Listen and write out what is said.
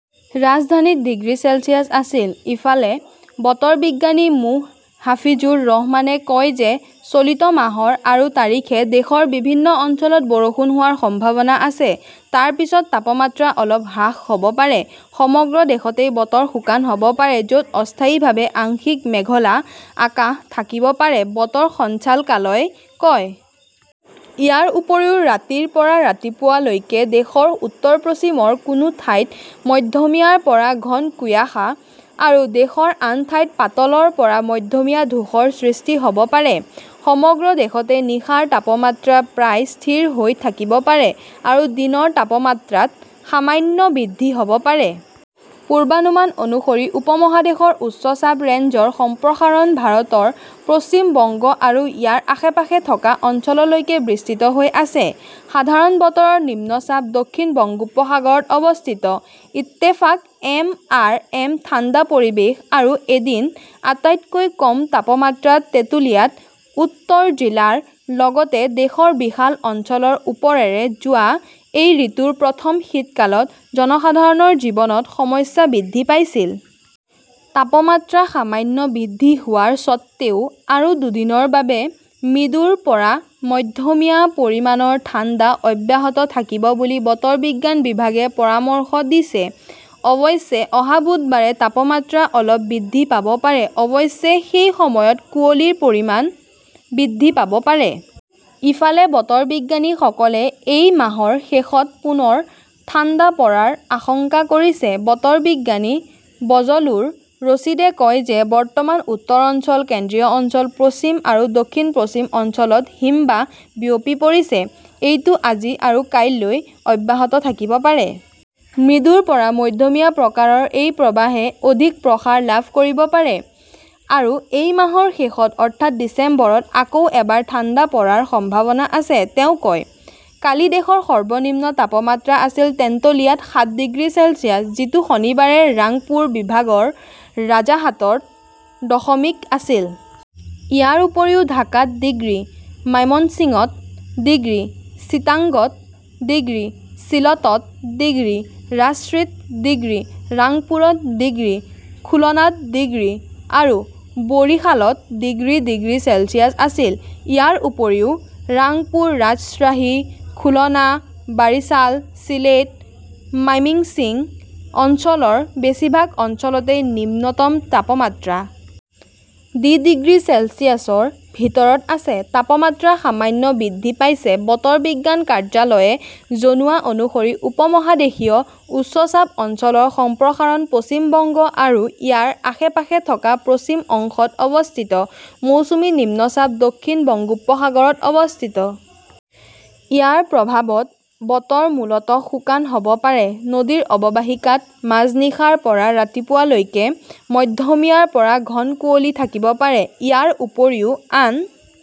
ৰাজধানীত degree Celsius আছিল। ইফালে, বতৰ বিজ্ঞানী মো. হাফিজুৰ ৰহমানে কয় যে চলিত মাহৰ আৰু তাৰিখে দেশৰ বিভিন্ন অঞ্চলত বৰষুণ হোৱাৰ সম্ভাৱনা আছে। তাৰ পিছত তাপমাত্ৰা অলপ হ্ৰাস হ "ব পাৰে। সমগ্ৰ দেশতে বতৰ শুকান হ "ব পাৰে, য" ত অস্থায়ীভাৱে আংশিক মেঘলা আকাশ থাকিব পাৰে, বতৰ সঞ্চালকালয়ই কয়। ইয়াৰ উপৰিও, ৰাতিৰ পৰা ৰাতিপুৱা লৈকে দেশৰ উত্তৰ-পশ্চিমৰ কোনো ঠাইত মধ্যমীয়াৰ পৰা ঘন কুয়াশা আৰু দেশৰ আন ঠাইত পাতলৰ পৰা মধ্যমীয়া ধূসৰ সৃষ্টি হ "ব পাৰে। সমগ্ৰ দেশতে নিশাৰ তাপমাত্ৰা প্ৰায় স্থিৰ হৈ থাকিব পাৰে আৰু দিনৰ তাপমাত্ৰাত সামান্য বৃদ্ধি হ 'ব পাৰে। পূৰ্বানুমান অনুসৰি, উপমহাদেশৰ উচ্চ চাপ ৰেঞ্জৰ সম্প্ৰসাৰণ ভাৰতৰ পশ্চিম বংগ আৰু ইয়াৰ আশে-পাশে থকা অঞ্চললৈকে বিস্তৃত হৈ আছে। সাধাৰণ বতৰৰ নিম্নচাপ দক্ষিণ বংগোপসাগৰত অৱস্থিত। ইত্তেফাক/এম. আৰ. এম. ঠাণ্ডা পৰিৱেশ আৰু এদিন, আটাইতকৈ কম তাপমাত্ৰা তেঁতুলিয়াত উত্তৰ জিলাৰ লগতে দেশৰ বিশাল অঞ্চলৰ ওপৰেৰে যোৱা এই ঋতুৰ প্ৰথম শীতকালত জনসাধাৰণৰ জীৱনত সমস্যা বৃদ্ধি পাইছিল। তাপমাত্ৰা সামান্য বৃদ্ধি হোৱাৰ স্বত্ত্বেও আৰু দুদিনৰ বাবে মৃদুৰ পৰা মধ্যমীয়া পৰিমাণৰ ঠাণ্ডা অব্যাহত থাকিব বুলি বতৰ বিজ্ঞান বিভাগে পৰামৰ্শ দিছে। অৱশ্যে অহা বুধবাৰে তাপমাত্ৰা অলপ বৃদ্ধি পাব পাৰে। অৱশ্যে, সেই সময়ত কুঁৱলীৰ পৰিমাণ বৃদ্ধি পাব পাৰে। ইফালে, বতৰ বিজ্ঞানীসকলে এই মাহৰ শেষত পুনৰ ঠাণ্ডা পৰাৰ আশংকা কৰিছে। বতৰ বিজ্ঞানী বজলুৰ ৰছিদে কয় যে বৰ্তমান উত্তৰ অঞ্চল, কেন্দ্ৰীয় অঞ্চল, পশ্চিম আৰু দক্ষিণ-পশ্চিম অঞ্চলত হিমবাহ বিয়পি পৰিছে। এইটো আজি আৰু কাইলৈ অব্যাহত থাকিব পাৰে। মৃদুৰ পৰা মধ্যমীয়া প্ৰকাৰৰ এই প্ৰৱাহে অধিক প্ৰসাৰ লাভ কৰিব পাৰে। আৰু এই মাহৰ শেষত অৰ্থাৎ ডিচেম্বৰত আকৌ এবাৰ ঠাণ্ডা পৰাৰ সম্ভাৱনা আছে, তেওঁ কয়। কালি দেশৰ সৰ্বনিম্ন তাপমাত্ৰা আছিল তেন্তুলিয়াত সাত ডিগ্ৰী চেলছিয়াছ, যিটো শনিবাৰে ৰাংপুৰ বিভাগৰ ৰাজাৰহাটত দশমিক আছিল। ইয়াৰ উপৰিও ঢাকাত ডিগ্ৰী, মাইমনসিংহত ডিগ্ৰী, চিটাগঙত ডিগ্ৰী, চিলটত ডিগ্ৰী, ৰাজশ্বীত ডিগ্ৰী, ৰাংপুৰত ডিগ্ৰী, খুলনাত ডিগ্ৰী আৰু বৰিশালত ডিগ্ৰী ডিগ্ৰী চেলছিয়াছ আছিল। ইয়াৰ উপৰিও, ৰাংপুৰ, ৰাজশ্বাহী, খুলনা, বাৰিছাল, চিলেট, মাইমিংছিং অঞ্চলৰ বেছিভাগ অঞ্চলতে নিম্নতম তাপমাত্ৰা <আই. ডি. ডিগ্ৰী চেলছিয়াছৰ ভিতৰত আছে। তাপমাত্ৰা সামান্য বৃদ্ধি পাইছে। বতৰ বিজ্ঞান কাৰ্যালয়ে জনোৱা অনুসৰি উপ-মহাদেশীয় উচ্চ চাপ অঞ্চলৰ সম্প্ৰসাৰণ পশ্চিম বংগ আৰু ইয়াৰ আশে-পাশে থকা পশ্চিম অংশত অৱস্থিত। মৌচুমী নিম্নচাপ দক্ষিণ বংগোপসাগৰত অৱস্থিত। ইয়াৰ প্ৰভাৱত বতৰ মূলতঃ শুকান হ "ব পাৰে। নদীৰ অৱবাহিকাত মাজনিশাৰ পৰা ৰাতিপুৱা লৈকে মধ্যমীয়াৰ পৰা ঘন কুঁৱলী থাকিব পাৰে। ইয়াৰ উপৰিও আন